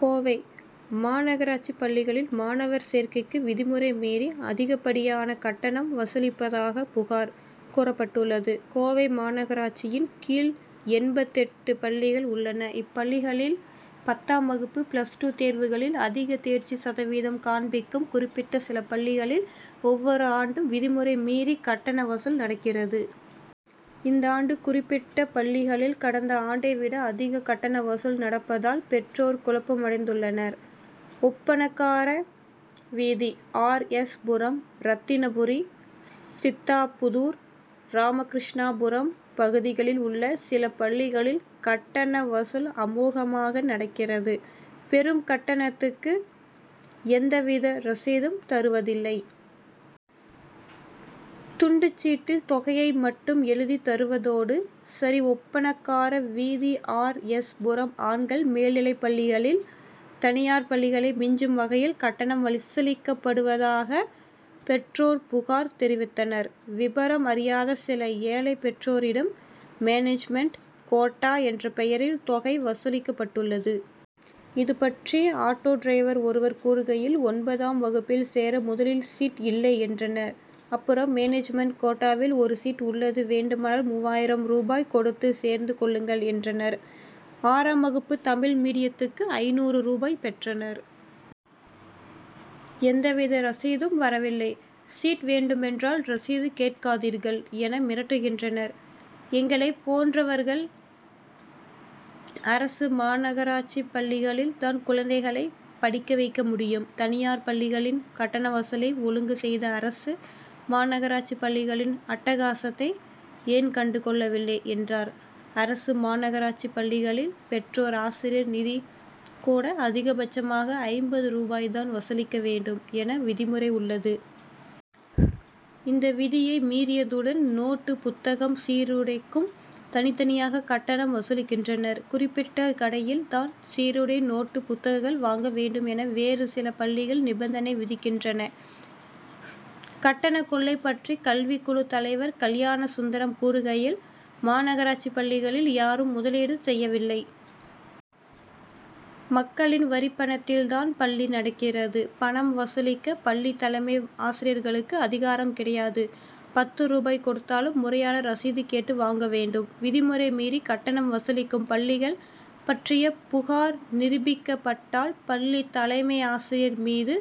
கோவை: மாநகராட்சிப் பள்ளிகளில் மாணவர் சேர்க்கைக்கு விதிமுறை மீறி, அதிகப்படியான கட்டணம் வசூலிப்பதாக புகார் கூறப்பட்டுள்ளது. கோவை மாநகராட்சியின் கீழ் எண்பத்தெட்டு பள்ளிகள் உள்ளன. இப்பள்ளிகளில் பத்தாம் வகுப்பு, பிளஸ் டூ தேர்வுகளில், அதிக தேர்ச்சி சதவீதம் காண்பிக்கும் குறிப்பிட்ட சில பள்ளிகளில் ஒவ்வொரு ஆண்டும் விதிமுறை மீறி கட்டண வசூல் நடக்கிறது. இந்த ஆண்டு குறிப்பிட்ட பள்ளிகளில் கடந்த ஆண்டை விட அதிக கட்டண வசூல் நடப்பதால் பெற்றோர் குழப்பமடைந்துள்ளனர். ஒப்பணக்கார வீதி, ஆர். எஸ். புரம், ரத்தினபுரி, சித்தாபுதூர், ராமகிருஷ்ணாபுரம் பகுதிகளில் உள்ள சில பள்ளிகளில் கட்டண வசூல் அமோகமாக நடக்கிறது. பெறும் கட்டணத்துக்கு எந்தவித ரசீதும் தருவதில்லை. துண்டுச்சீட்டில் தொகையை மட்டும் எழுதித் தருவதோடு சரி. ஒப்பணக்கார வீதி, ஆர். எஸ். புரம் ஆண்கள் மேல்நிலைப்பள்ளிகளில் தனியார் பள்ளிகளை மிஞ்சும் வகையில் கட்டணம் வசூலிக்கப்படுவதாக, பெற்றோர் புகார் தெரிவித்தனர். விபரம் அறியாத சில ஏழை பெற்றோரிடம் மேனேஜ்மென்ட் கோட்டா என்ற பெயரில் தொகை வசூலிக்கப்பட்டுள்ளது. இது பற்றி ஆட்டோ டிரைவர் ஒருவர் கூறுகையில், ஒன்பதாம் வகுப்பில் சேர முதலில் சீட் இல்லை என்றனர். அப்புறம் மேனேஜ்மென்ட் கோட்டாவில் ஒரு சீட் உள்ளது. வேண்டுமானால் மூவாயிரம் ரூபாய் கொடுத்து சேர்ந்து கொள்ளுங்கள்' என்றனர். ஆறாம் வகுப்பு தமிழ் மீடியத்துக்கு ஐந்நூறு ரூபாய் பெற்றனர். எந்தவித ரசீதும் ரவில்லை. சீட் வேண்டுமென்றால் ரசீது கேட்காதீர்கள்' என மிரட்டுகின்றனர். எங்களைப் போன்றவர்கள், அரசு, மாநகராட்சிப் பள்ளிகளில் தான் குழந்தைகளை படிக்க வைக்க முடியும். தனியார் பள்ளிகளின் கட்டண வசூலை ஒழுங்கு செய்த அரசு, மாநகராட்சிப் பள்ளிகளின் அட்டகாசத்தை ஏன் கண்டுகொள்ளவில்லை என்றார். அரசு, மாநகராட்சிப் பள்ளிகளில் பெற்றோர்-ஆசிரியர் நிதி கூட அதிகபட்சமாக ஐம்பது ரூபாய் தான் வசூலிக்க வேண்டும் என விதிமுறை உள்ளது. இந்த விதியை மீறியதுடன், நோட்டு புத்தகம், சீருடைக்கும் தனித்தனியாக கட்டணம் வசூலிக்கின்றனர். குறிப்பிட்ட கடையில் தான் சீருடை, நோட்டுப் புத்தகங்கள் வாங்க வேண்டும் என வேறு சில பள்ளிகள் நிபந்தனை விதிக்கின் றன. கட்டண கொள்ளை பற்றி கல்விக்குழுத் தலைவர் கல்யாண சுந்தரம் கூறுகையில், மாநகராட்சிப் பள்ளிகளில் யாரும் முதலீடு செய்யவில்லை. மக்களின் வரிப்பணத்தில் தான் பள்ளி நடக்கிறது. பணம் வசூலிக்க பள் ளித் தலைமை ஆசிரியர்களுக்கு அதிகாரம் கிடையாது. பத்து ரூபாய் கொடுத்தாலும் முறையான ரசீது கேட்டு வாங்க வேண்டும். விதிமுறை மீறி கட்டணம் வசூலிக்கும் பள்ளிகள் பற்றிய புகார் நிரூபிக்கப்பட்டால், பள்ளித் தலைமை ஆசிரியர் மீது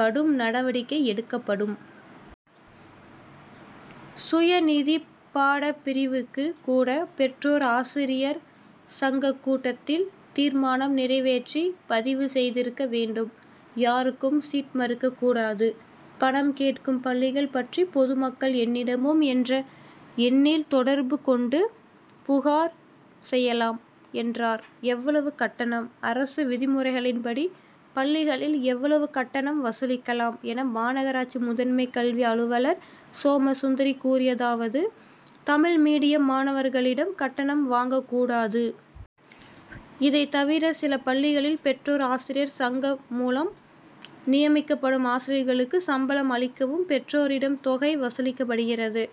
கடும் நடவடிக்கை எடுக்கப்படும். சுயநிதி பாடப் பிரிவுக்கு கூட, பெற்றோர் ஆசிரியர் சங்கக் கூட்டத்தில் தீர்மானம் நிறைவேற்றி பதிவு செய்திருக்க வேண்டும். யாருக்கும் சீட் மறுக்கக் கூடாது. பணம் கேட்கும் பள்ளிகள் பற்றி பொதுமக்கள் என்னிடமும் என்ற எண்ணில் தொடர்பு கொண்டு புகார் செய்யலாம், என்றார். எவ்வளவு கட்டணம்? அரசு விதிமுறைகளின்படி, பள்ளிகளில் எவ்வளவு கட்டணம் வசூலிக்கலாம் என மாநகராட்சி முதன்மை கல்வி அலுவலர் சோமசுந்தரி கூறியதாவது:தமிழ் மீடியம் மாணவர்களிடம் கட்டணம் வாங்கக் கூடாது. இதைத் தவிர, சில பள்ளிகளில் பெற்றோர்-ஆசிரியர் சங்கம் மூலம் நியமிக்கப்படும் ஆசிரியர்களுக்கு சம்பளம் அளிக்கவும் பெற்றோரிடம் தொகை வசூலிக்கப்படுகிறது.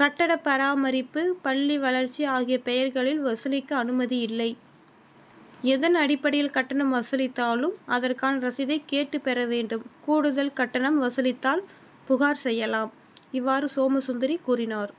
கட்டட பராமரிப்பு, பள்ளி வளர்ச்சி ஆகிய பெயர்களில் வசூலிக்க அனுமதி இல்லை. எதன் அடிப்படையில் கட்டணம் வசூலித்தாலும், அதற்கான ரசீதை கேட்டுப் பெற வேண்டும். கூடுதல் கட்டணம் வசூலித்தால் புகார் செய்யலாம். இவ்வாறு, சோமசுந்தரி கூறினார்.